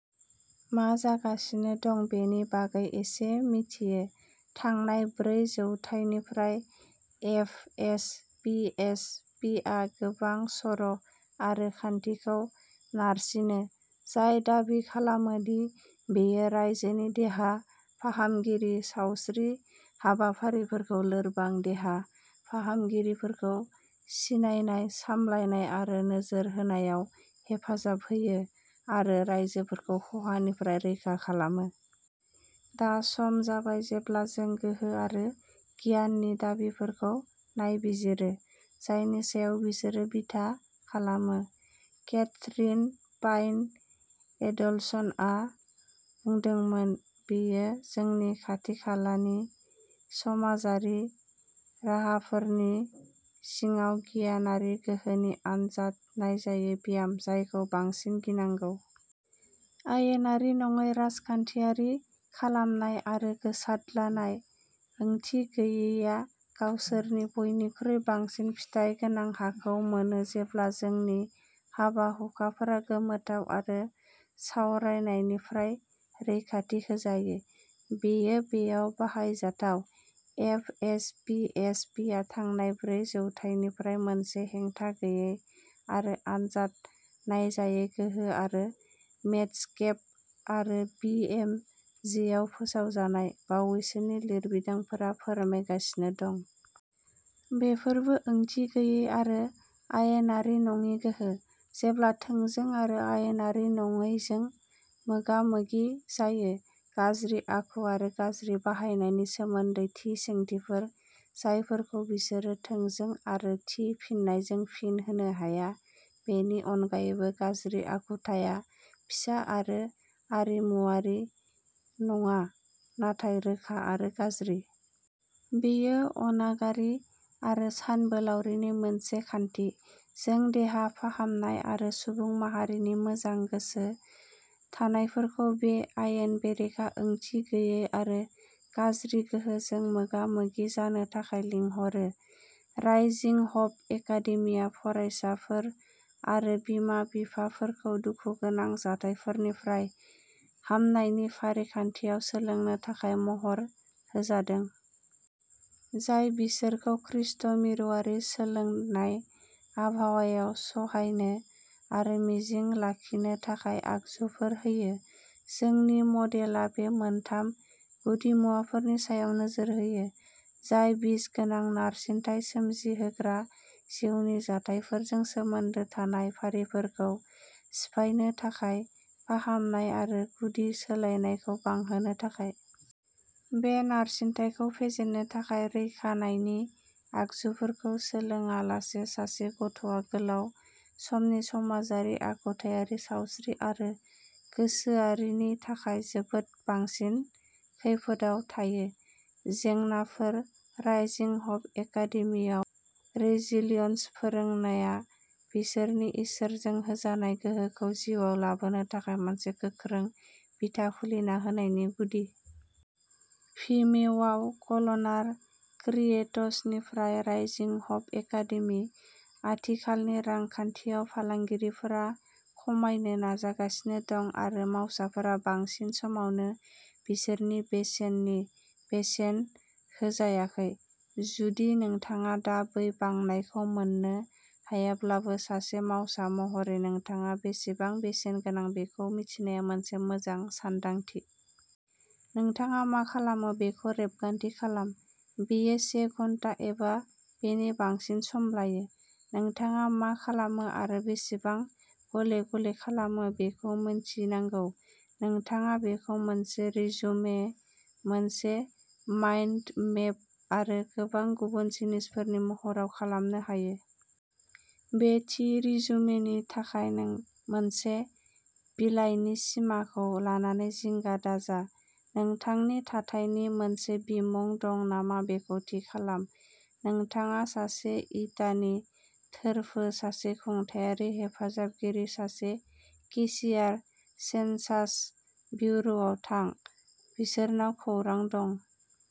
मा जागासिनो दं बेनि बागै एसे मिथियो। थांनाय ब्रै जौथाइनिफ्राय एफ एस पी एच पीआ गोबां सर' आरो खान्थिखौ नारसिनो। जाय दाबि खालामो दि बेयो रायजोनि देहा फाहामगिरि सावस्रि हाबाफारिफोरखौ लोरबां देहा फाहामगिरिफोरखौ सिनायनाय, सामलायनाय आरो नोजोर होनायाव हेफाजाब होयो आरो राइजोफोरखौ खहानिफ्राय रैखा खालामो। दा सम जाबाय जेब्ला जों गोहो आरो गियाननि दाबिफोरखौ नायबिजिरो। जायनि सायाव बिसोरो बिथा खालामो। केथरिन पाइन एडेलसनआ बुंदोंमोन। बेयो जोंनि खाथिखालानि समाजारि राहाफोरनि सिङाव गियानारि गोहोनि आनजाद नायजायै ब्याम। जायखौ बांसिन गिनांगौ। आयेनारि नङै राजखान्थियारि खालामनाय आरो गोसारद्लानाय ओंथि गैयैआ गावसोरनि बयनिख्रुइ बांसिन फिथाइ गोनां हाखौ मोनो जेब्ला जोंनि हाबा-हुखाफोरा गोमोथाव आरो सावरायनायनिफ्राय रैखाथि होजायो। बेयो बेयाव बाहायजाथाव। एफ एस पी एच पीआ थांनाय ब्रै जौथाइनिफ्राय मोनसे हेंथा गैयै आरो आनजाद नायजायै गोहो आरो मेडस्केप आरो बी एम जेआव फोसावजानाय बावैसोनि लिरबिदांफोरा फोरमायगासिनो दं। बेफोरबो ओंथि गैयै आरो आयेनारि नङि गोहो। जेब्ला थोंजों आरो आयेनारि नङैजों मोगा-मोगि जायो। गाज्रि आखु आरो गाज्रि बाहायनायनि सोमोन्दै थि सोंथिफोर जायफोरखौ बिसोरो थोंजों आरो थि फिननायजों फिन होनो हाया। बेनि अनगायैबो गाज्रि आखुथाया फिसा आरो आरिमुआरि नङा नाथाय रोखा आरो गाज्रि। बेयो अनागारि आरो सानबोलावरिनि मोनसे खान्थि। जों देहा फाहामनाय आरो सुबुं माहारिनि मोजां गोसो थानायफोरखौ बे आयेन बेरेखा ओंथि गैयै आरो गाज्रि गोहोजों मोगा-मोगि जानो थाखाय लिंहरो। राइजिं हप एकादेमिआ फरायसाफोर आरो बिमा-बिफाफोरखौ दुखुगोनां जाथायफोरनिफ्राय हामनायनि फारिखान्थियाव सोलोंनो थाखाय महर होजादों। जाय बिसोरखौ खृष्ट मिरुआरि सोलोंनाय आबहावायाव सहायनो आरो मिजिं लाखिनो थाखाय आगजुफोर होयो। जोंनि मदेलआ बे मोनथाम गुदिमुवाफोरनि सायाव नोजोर होयो। जाय बिसगोनां नारसिनथाय सोमजिहोग्रा जिउनि जाथायफोरजों सोमोन्दो थानाय फारिफोरखौ सिफायनो थाखाय फाहामनाय आरो गुदि सोलायनायखौ बांहोनो थाखाय। बे नारसिनथायखौ फेजेननो थाखाय रैखानायनि आगजुफोरखौ सोलोंआलासे सासे गथ'आ गोलाव समनि समाजारि, आखुथायारि, सावस्रि आरो गोसोआरिनि थाखाय जोबोद बांसिन खैफोदआव थायो। जेंनाफोर। राइजिं हप एकादेमीआव रैजिलियन्स फोरोंनाया बिसोरनि इसोरजों होजानाय गोहोखौ जिउआव लाबोनो थाखाय मोनसे गोख्रों बिथा खुलिना होनायनि गुदि। भिमेवाव कलनार क्रिएट्सनिफ्राय राइजिं हप एकादेमी। आथिखालनि रांखान्थियाव फालांगिफोरा खमायनो नाजागासिनो दं आरो मावसाफोरा बांसिन समावनो बिसोरनि बेसेननि बेसेन होजायाखै। जुदि नोंथाङा दा बै बांनायखौ मोननो हायाब्लाबो सासे मावसा महरै नोंथाङा बेसेबां बेसेन गोनां बेखौ मिथिनाया मोनसे मोजां सानदांथि। नोंथाङा मा खालामो बेखौ रेबगान्थि खालाम। बेयो से घन्टा एबा बेनि बांसिन सम लायो। नोंथाङा मा खालामो आरो बेसेबां गले गले खालामो बेखौ मोनथिनांगौ। नोंथाङा बेखौ मोनसे रिजुमे मोनसे माइन्ड मेप आरो गोबां गुबुन जिनिसफोरनि महराव खालामनो हायो। बे थि रिजुमेनि थाखाय मोनसे बिलाइनि सिमाखौ लानानै जिंगा दाजा। नोंथांनि थाथायनि मोनसे बिमुं दं नामा बेखौ थि खालाम। नोंथाङा सासे इटानि थोरफो सासे खुंथायारि हेफाजाबगिरि, सासे किशियार। सेनसास बिउर'आव थां। बिसोरनाव खौरां दं।